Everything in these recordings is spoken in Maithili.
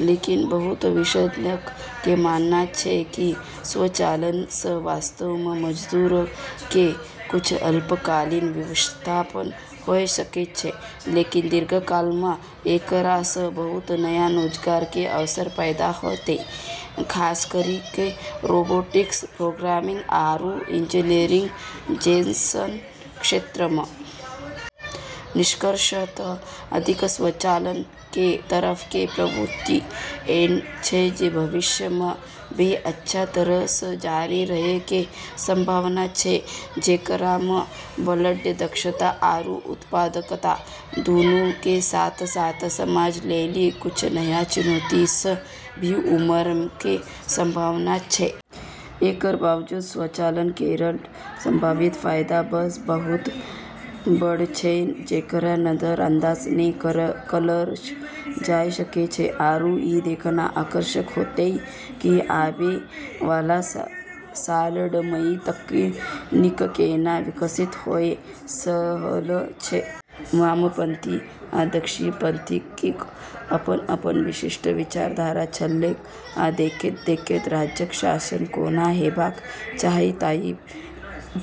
लेकिन बहुत विशेषज्ञऽ के मानना छै कि स्वचालन स॑ वास्तव म॑ मजदूरऽ के कुछ अल्पकालिक विस्थापन होय सकै छै, लेकिन दीर्घकाल म॑ एकरा स॑ बहुत नया रोजगार के अवसर पैदा होतै, खास करी क॑ रोबोटिक्स, प्रोग्रामिंग आरू इंजीनियरिंग जैसनऽ क्षेत्रऽ म॑। निष्कर्षतः, अधिक स्वचालन के तरफ के प्रवृत्ति ऐन्हऽ छै जे भविष्य म॑ भी अच्छा तरह स॑ जारी रहै के संभावना छै, जेकरा म॑ बढ़लऽ दक्षता आरू उत्पादकता दूनू के साथ-साथ समाज लेली कुछ नया चुनौती स॑ भी उबर॑ के संभावना छै। एकरऽ बावजूद स्वचालन केरऽ संभावित फायदा बस बहुत बड़ऽ छै जेकरा नजरअंदाज नै करलऽ जाय सकै छै, आरू ई देखना आकर्षक होतै कि आबै वाला सालऽ म॑ ई तकनीक केना विकसित होय रहलऽ छै। वामपंथी आ दक्षिणपंथीक अपन-अपन विशिष्ट विचारधारा छलैक, आ देखैत-देखैत, राज्यक शासन कोना हेबाक चाही ताहि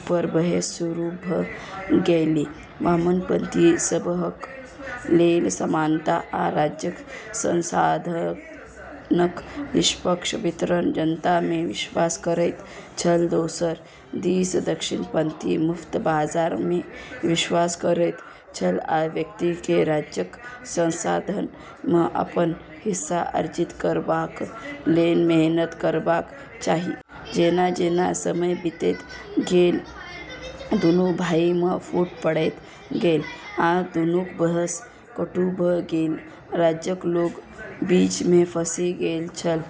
पर बहस शुरू भ' गेलै. वामपंथी सबहक लेल समानता आ राज्यक संसाधनक निष्पक्ष वितरण जनता मे विश्वास करैत छल दोसर दिस दक्षिणपंथी मुक्त बाजार मे विश्वास करैत छल आ व्यक्ति केँ राज्यक संसाधन मे अपन हिस्सा अर्जित करबाक लेल मेहनत करबाक चाही। जेना-जेना समय बीतैत गेल, दुनू भाइ मे फूट बढ़ैत गेल, आ दुनूक बहस कटु भ' गेल। राज्यक लोक बीच मे फँसि गेल छल,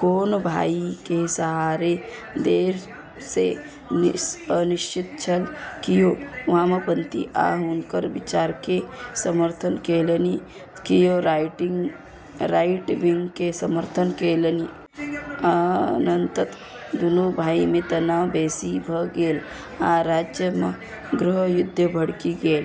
कोन भाइ केँ सहारा देब से अनिश्चित छल। कियो वामपंथी आ हुनकर विचार के समर्थन केलनि, त कियो राइटविंग के समर्थन केलनि। अन्ततः दुनू भाइ मे तनाव बेसी भ गेल, आ राज्य मे गृहयुद्ध भड़कि गेल।